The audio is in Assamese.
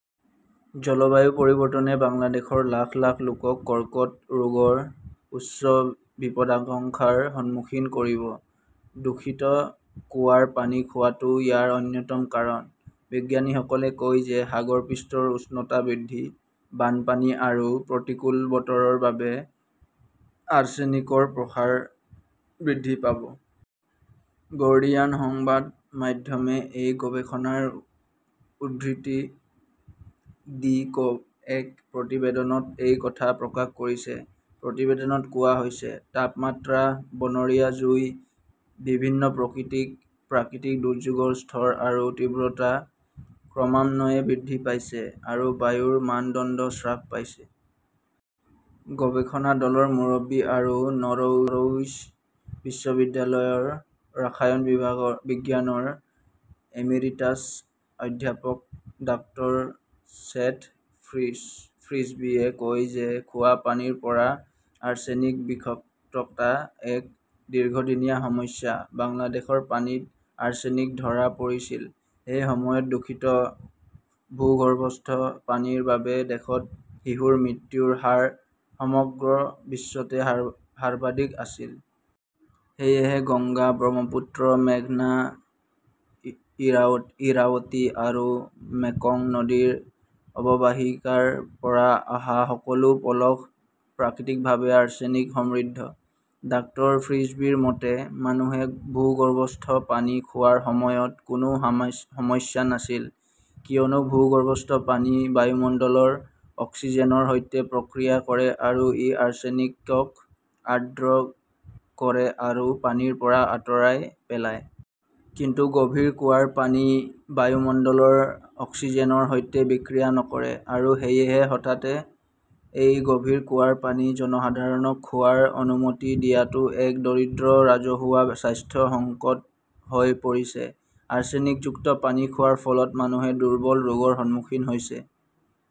জলবায়ু পৰিৱৰ্তনে বাংলাদেশৰ লাখ লাখ লোকক কৰ্কট ৰোগৰ উচ্চ বিপদাশংকাৰ সন্মুখীন কৰিব। দূষিত কুঁৱাৰ পানী খোৱাটো ইয়াৰ অন্যতম কাৰণ। বিজ্ঞানীসকলে কয় যে সাগৰ পৃষ্ঠৰ উচ্চতা বৃদ্ধি, বানপানী আৰু প্ৰতিকূল বতৰৰ বাবে আৰ্ছেনিকৰ প্ৰসাৰ বৃদ্ধি পাব। গৰ্ডিয়ান সংবাদ মাধ্যমে এই গৱেষণাৰ উদ্ধৃতি দি এক প্ৰতিবেদনত এই কথা প্ৰকাশ কৰিছে। প্ৰতিবেদনত কোৱা হৈছে। তাপমাত্ৰা, বনৰীয়া জুই, বিভিন্ন প্ৰাকৃতিক দুৰ্যোগৰ স্তৰ আৰু তীব্ৰতা ক্ৰমান্বয়ে বৃদ্ধি পাইছে, আৰু বায়ুৰ মানদণ্ড হ্ৰাস পাইছে। গৱেষণা দলৰ মুৰব্বী আৰু নৰউইচ বিশ্ববিদ্যালয়ৰ ৰসায়ন বিজ্ঞানৰ এমিৰিটাছ অধ্যাপক ডাক্তৰ ছেথ ফ্ৰিছবিয়ে কয় যে খোৱা পানীৰ পৰা আৰ্ছেনিক বিষাক্ততা এক দীৰ্ঘদিনীয়া সমস্যা। বাংলাদেশৰ পানীত আৰ্ছেনিক ধৰা পৰিছিল। সেই সময়ত দূষিত ভূগৰ্ভস্থ পানীৰ বাবে দেশত শিশুৰ মৃত্যুৰ হাৰ সমগ্ৰ বিশ্বতে সৰ্বাধিক আছিল। সেয়েহে গংগা, ব্ৰহ্মপুত্ৰ, মেঘনা, ইৰাবতী আৰু মেকং নদীৰ অৱবাহিকাৰ পৰা অহা সকলো পলস প্ৰাকৃতিকভাৱে আৰ্ছেনিক সমৃদ্ধ। ডাক্তৰ ফ্ৰিছবীৰ মতে, মানুহে ভূগৰ্ভস্থ পানী খোৱাৰ সময়ত কোনো সমস্যা নাছিল, কিয়নো ভূগৰ্ভস্থ পানী বায়ুমণ্ডলৰ অক্সিজেনৰ সৈতে প্ৰতিক্ৰিয়া কৰে আৰু ই আৰ্ছেনিকক আৰ্দ্ৰ কৰে আৰু পানীৰ পৰা আঁতৰাই পেলায়। কিন্তু গভীৰ কুঁৱাৰ পানী বায়ুমণ্ডলৰ অক্সিজেনৰ সৈতে বিক্ৰিয়া নকৰে। আৰু সেয়েহে হঠাতে এই গভীৰ কুঁৱাৰ পানী জনসাধাৰণক খোৱাৰ অনুমতি দিয়াটো এক দৰিদ্ৰ ৰাজহুৱা স্বাস্থ্য সংকট হৈ পৰিছে। আৰ্ছেনিকযুক্ত পানী খোৱাৰ ফলত মানুহে দুৰ্বল ৰোগৰ সন্মুখীন হৈছে।